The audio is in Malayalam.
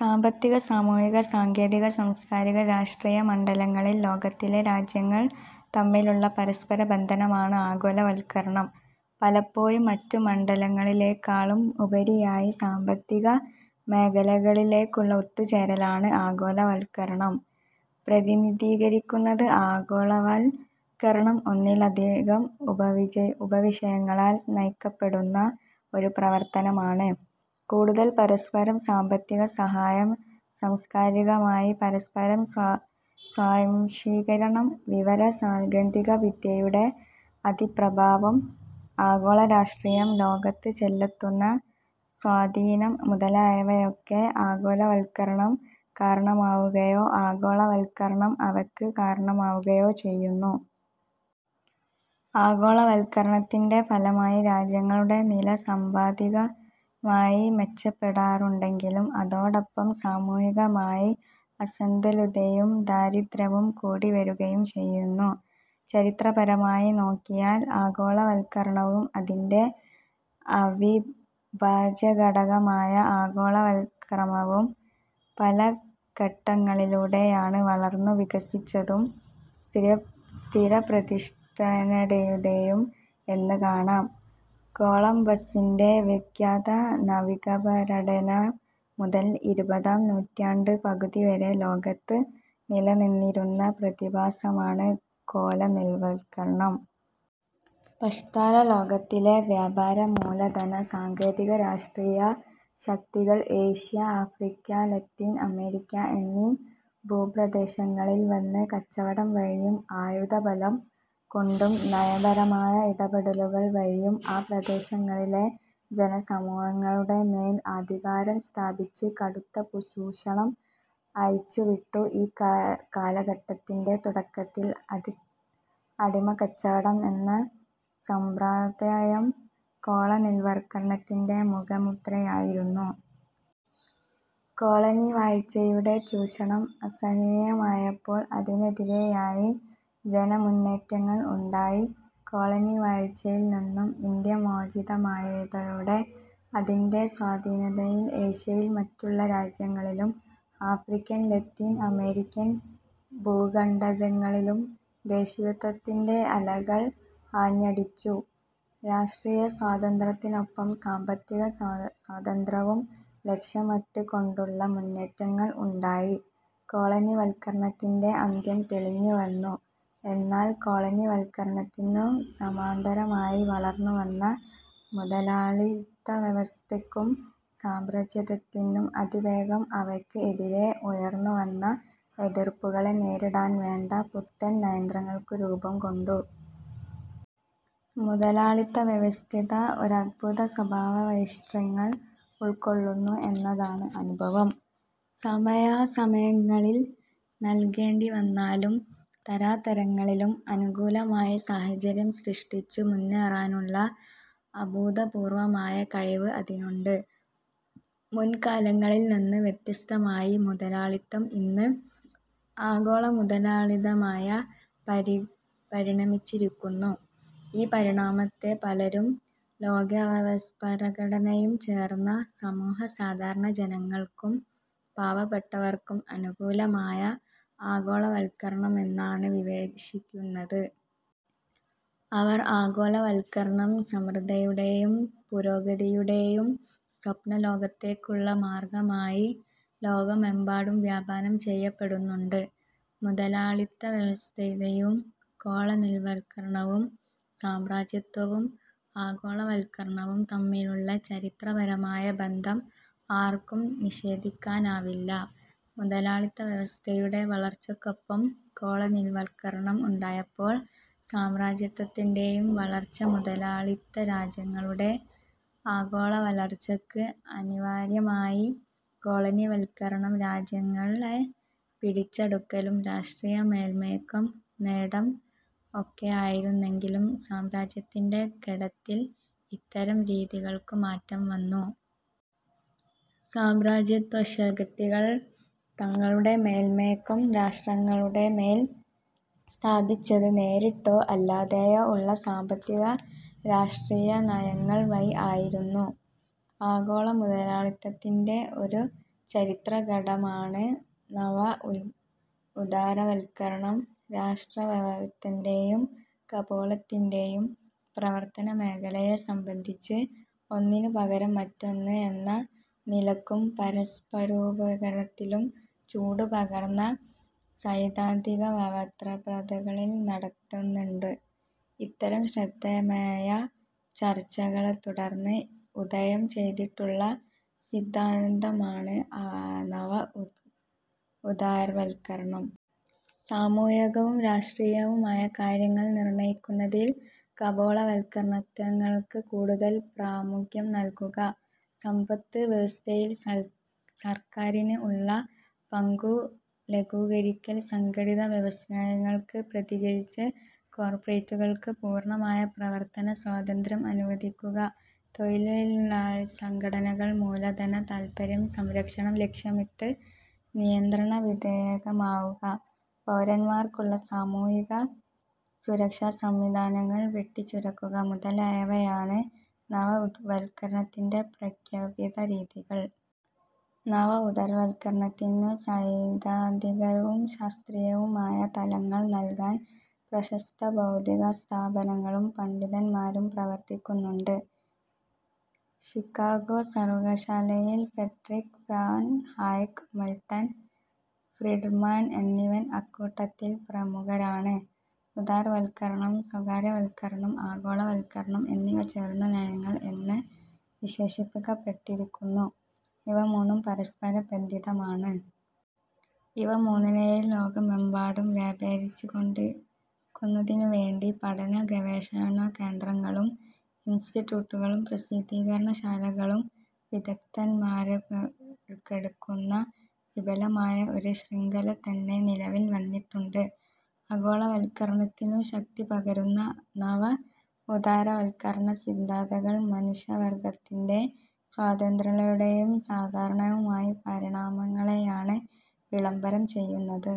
സാമ്പത്തിക, സാമൂഹിക, സാങ്കേതിക, സാംസ്കാരിക, രാഷ്ട്രീയ മണ്ഡലങ്ങളിൽ ലോകത്തിലെ രാജ്യങ്ങൾ തമ്മിലുള്ള പരസ്പര ബന്ധനമാണ് ആഗോളവൽക്കരണം. പലപ്പോഴും മറ്റുമണ്ഡലങ്ങളിലേക്കാളും ഉപരിയായി സാമ്പത്തിക മേഖലകളിലുള്ള ഒത്തുചേരലാണ് ആഗോളവൽക്കരണം പ്രതിനിധീകരിക്കുന്നത്. ആഗോളവൽക്കരണം ഒന്നിലധികം ഉപവിഷയങ്ങളാൽ നയിക്കപ്പെടുന്ന ഒരു പ്രവർത്തനമാണ്. കൂടുതൽ പരസ്പര സാമ്പത്തിക സഹായം, സാംസ്കാരികമായ പരസ്പര സ്വാംശീകരണം, വിവര സാങ്കേതിക വിദ്യയുടെ അതിപ്രഭാവം, ആഗോള രാഷ്ട്രീയം ലോകത്ത് ചെലുത്തുന്ന സ്വാധീനം മുതലായവയൊക്കെ ആഗോളവൽക്കരണം കാരണമാവുകയോ ആഗോളവൽക്കരണം അവയ്ക്ക് കാരണമാവുകയോ ചെയ്യുന്നു. ആഗോളവൽക്കരണത്തിന്റെ ഫലമായി രാജ്യങ്ങളുടെ നില സാമ്പത്തികമായി മെച്ചപ്പെടാറുണ്ടെങ്കിലും, അതോടൊപ്പം സാമൂഹികമായ അസന്തുലിതയും, ദാരിദ്ര്യവും കൂടിവരികയും ചെയ്യുന്നു. ചരിത്രപരമായി നോക്കിയാൽ ആഗോളവൽക്കരണവും അതിന്റെ അവിഭാജ്യഘടകമായ ആഗോളക്രമവും പല ഘട്ടങ്ങളിലൂടെയാണ് വളർന്നു വികസിച്ചതും സ്ഥിരപ്രതിഷ്ടനേടിയതും എന്ന് കാണാം. കൊളംബസ്സിന്റെ വിഖ്യാത നാവികപര്യടനം മുതൽ ഇരുപതാം നൂറ്റാണ്ടിന്റെ പകുതിവരെ ലോകത്തു നിലനിന്നിരുന്ന പ്രതിഭാസമാണ് കോളനിവൽക്കരണം. പാശ്ചാത്യലോകത്തിലെ വ്യാപാര, മൂലധന, സാങ്കേതിക, രാഷ്ട്രീയ ശക്തികൾ ഏഷ്യ, ആഫ്രിക്ക, ലത്തീൻ അമേരിക്ക എന്നീ ഭൂപ്രദേശങ്ങളിൽ വന്ന് കച്ചവടം വഴിയും ആയുധബലം കൊണ്ടും നയപരമായ ഇടപെടലുകൾ വഴിയും ആ പ്രദേശങ്ങളിലെ ജനസമൂഹങ്ങളുടെമേൽ അധികാരം സ്ഥാപിച്ച് കടുത്ത ചൂഷണം അഴിച്ചുവിട്ടു. ഈ കാലഘട്ടത്തിന്റെ തുടക്കത്തിൽ അടിമക്കച്ചവടം എന്ന സമ്പ്രദായം കോളനിവൽക്കരണത്തിന്റെ മുഖമുദ്രയായിരുന്നു. കോളനിവാഴ്ചയുടെ ചൂഷണം അസഹനീയമായപ്പോൾ, അതിനെതിരായി ജനമുന്നേറ്റങ്ങൾ ഉണ്ടായി. കോളനിവാഴ്ചയിൽനിന്നും ഇന്ത്യ മോചിതമായതോടെ അതിന്റെ സ്വാധീനത്തിൽ ഏഷ്യയിലെ മറ്റുള്ള രാജ്യങ്ങളിലും, ആഫ്രിക്കൻ, ലത്തീൻ അമേരിക്കൻ ഭൂഖണ്ഡങ്ങളിലും ദേശീയത്വത്തിന്റെ അലകൾ ആഞ്ഞടിച്ചു. രാഷ്ട്രീയസ്വാതന്ത്ര്യത്തിനൊപ്പം, സാമ്പത്തിക സ്വാതന്ത്ര്യവും ലക്ഷ്യമിട്ടുകൊണ്ടുള്ള മുന്നേറ്റങ്ങൾ ഉണ്ടായി. കോളനിവൽക്കരണത്തിന്റെ അന്ത്യം തെളിഞ്ഞുവന്നു. എന്നാൽ കോളനിവൽക്കരണത്തിനു സമാന്തരമായി വളർന്നുവന്ന മുതലാളിത്തവ്യവസ്ഥിതിക്കും സാമ്രാജ്യത്വത്തിനും അതിവേഗം അവയ്ക്ക് എതിരെ ഉയർന്നുവന്ന എതിർപ്പുകളെ നേരിടാൻ വേണ്ട പുത്തൻ തന്ത്രങ്ങൾക്കു രൂപം കൊണ്ടു. മുതലാളിത്ത വ്യവസ്ഥിതി ഒരത്ഭുത സ്വഭാവവൈശിഷ്ട്യങ്ങൾ ഉൾക്കൊള്ളുന്നു എന്നതാണ് അനുഭവം. സമയാസമയങ്ങളിൽ നൽകേണ്ടിവന്നാലും തരാതരങ്ങളിലും അനുകൂലമായ സാഹചര്യം സൃഷ്ടിച്ചു മുന്നേറാനുള്ള അഭൂതപൂർവമായ കഴിവ് അതിനുണ്ട്. മുൻകാലങ്ങളിൽ നിന്നു വ്യത്യസ്തമായി മുതലാളിത്തം ഇന്ന് ആഗോളമുതലാളിത്തമായി പരിണമിച്ചിരിക്കുന്നു. ഈ പരിണാമത്തെ പലരും ലോകവ്യാപാരസംഘടനയും ചേർന്ന സമൂഹം സാധാരണ ജനങ്ങൾക്കും പാവപ്പെട്ടവർക്കും അനുകൂലമായ ആഗോളവൽക്കരണമെന്നാണ് വിവക്ഷിക്കുന്നത്. അവർ ആഗോളവൽക്കരണം സമൃദ്ധിയുടേയും പുരോഗതിയുടേയും സ്വപ്നലോകത്തേക്കുള്ള മാർഗ്ഗമായി ലോകമെമ്പാടും വ്യാപനം ചെയ്യപ്പെടുന്നുണ്ട്. മുതലാളിത്തവ്യവസ്ഥിതിയും കോളനിവൽക്കരണവും സാമ്രാജ്യത്വവും ആഗോളവൽക്കരണവും തമ്മിലുള്ള ചരിത്രപരമായ ബന്ധം ആർക്കും നിഷേധിക്കാനാവില്ല. മുതലാളിത്തവ്യവസ്ഥിതിയുടെ വളർച്ചയ്ക്കൊപ്പം കോളനിവൽകരണം ഉണ്ടായപ്പോൾ സാമ്രാജ്യത്വത്തിന്റെ വളർച്ച മുതലാളിത്തരാജ്യങ്ങളുടെ ആഗോളവളർച്ചയ്ക്ക് അനിവാര്യമായി. കോളനിവൽക്കരണം രാജ്യങ്ങളെ പിടിച്ചടക്കലും, രാഷ്ട്രീയമേൽക്കോയ്മ നേടലും ഒക്കെ ആയിരുന്നെങ്കിൽ, സാമ്രാജ്യത്വത്തിന്റെ ഘട്ടത്തിൽ ഇത്തരം രീതികൾക്കു മാറ്റം വന്നു. സാമ്രാജ്യത്വശക്തികൾ തങ്ങളുടെ മേൽക്കോയ്മ രാഷ്ട്രങ്ങളുടെമേൽ സ്ഥാപിച്ചത്, നേരിട്ടോ അല്ലാതയോ ഉള്ള സാമ്പത്തിക, രാഷ്ട്രീയ നയങ്ങൾവഴി ആയിരുന്നു. ആഗോളമുതലാളിത്തത്തിന്റെ ഒരു ചരിത്രഘട്ടമാണ് നവഉദാരവൽക്കരണം രാഷ്ട്രവ്യവഹാരത്തിന്റെയും കമ്പോളത്തിന്റെയും പ്രവർത്തനമേഖലയെ സംബന്ധിച്ച് ഒന്നിനുപകരം മറ്റൊന്ന് എന്ന നിലയ്ക്കും, പരസ്പരപൂരകമെന്നനിലയ്ക്കും ചൂടു പകർന്ന സൈദ്ധാന്തികവാദപ്രതിവാദങ്ങൾ നടന്നിട്ടുണ്ട്. ഇത്തരം ശ്രദ്ധേയമായ ചർച്ചകളെത്തുടർന്ന് ഉദയം ചെയ്തിട്ടുള്ള സിദ്ധാന്തമാണ് നവ ഉദാരവൽക്കരണം. സാമൂഹികവും രാഷ്ട്രീയവുമായ കാര്യങ്ങൾ നിർണയിക്കുന്നതിൽ കമ്പോളവൽക്കരണത്തലങ്ങൾക്ക് കൂടുതൽ പ്രാമുഖ്യം നൽകുക, സമ്പദ് വ്യവസ്ഥയിൽ സർക്കാരിന് ഉള്ള പങ്കു ലഘൂകരിക്കുക, സംഘടിത വ്യവസായങ്ങൾക്ക്, പ്രത്യേകിച്ച് കോർപ്പറേറ്റുകൾക്ക്, പൂർണമായ പ്രവർത്തന സ്വാതന്ത്രം അനുവദിക്കുക, തൊഴിലാളിസംഘടനകളെ മൂലധന താൽപര്യ സംരക്ഷണം ലക്ഷ്യമിട്ട് നിയന്ത്രണവിധേയമാക്കുക, പൗരന്മാർക്കുള്ള സാമൂഹികസുരക്ഷാസംവിധാനങ്ങൾ വെട്ടിച്ചുരുക്കുക മുതലായവയാണ് നവ ഉദാരവൽക്കരണത്തിന്റെ പ്രഖ്യാപിത രീതികൾ. നവ ഉദാരവൽക്കരണത്തിനു സൈദ്ധാന്തികവും ശാസ്ത്രീയവുമായ തലങ്ങൾ നൽകാൻ പ്രശസ്ത ബൗദ്ധികസ്ഥാപനങ്ങളും പണ്ഡിതന്മാരും പ്രവർത്തിക്കുന്നുണ്ട്. ഷിക്കാഗോ സർവകലാശാലയിലെ ഫ്രെഡറിക്ക് ഫൊൻ ഹായക്ക്, മിൾട്ടൺ ഫ്രീഡ്മാൻ എന്നിവർ അക്കൂട്ടത്തിൽ പ്രമുഖരാണ്. ഉദാരവൽക്കരണം, സ്വകാര്യവൽക്കരണം, ആഗോളവൽക്കരണം എന്നിവ ചേർന്ന നയങ്ങൾ എന്ന് വിശേഷിപ്പിക്കപ്പെട്ടിരിക്കുന്നു. ഇവ മൂന്നും പരസ്പരം ബന്ധിതമാണ്. ഇവ മൂന്നിനെയും ലോകമെമ്പാടും വ്യാപരിപ്പിക്കുന്നതിനുവേണ്ടി പഠനഗവേഷണകേന്ദ്രങ്ങളും ഇൻസ്റ്റിറ്റ്യൂട്ടുകളും പ്രസിദ്ധീകരണശാലകളും വിദഗ്ദ്ധന്മാരുമൊക്കെയടങ്ങുന്ന വിപുലമായ ഒരു ശൃംഖലതന്നെ നിലവിൽ വന്നിട്ടുണ്ട്. ആഗോളവൽക്കരണത്തിനു ശക്തിപകരുന്ന നവ ഉദാരവൽക്കരണ സിദ്ധാന്തങ്ങൾ മനുഷ്യവർഗത്തിന്റെ സ്വതേയുള്ളതും സാധാരണവുമായ പരിണാമങ്ങളെയാണ് വിളംബരം ചെയ്യുന്നത്.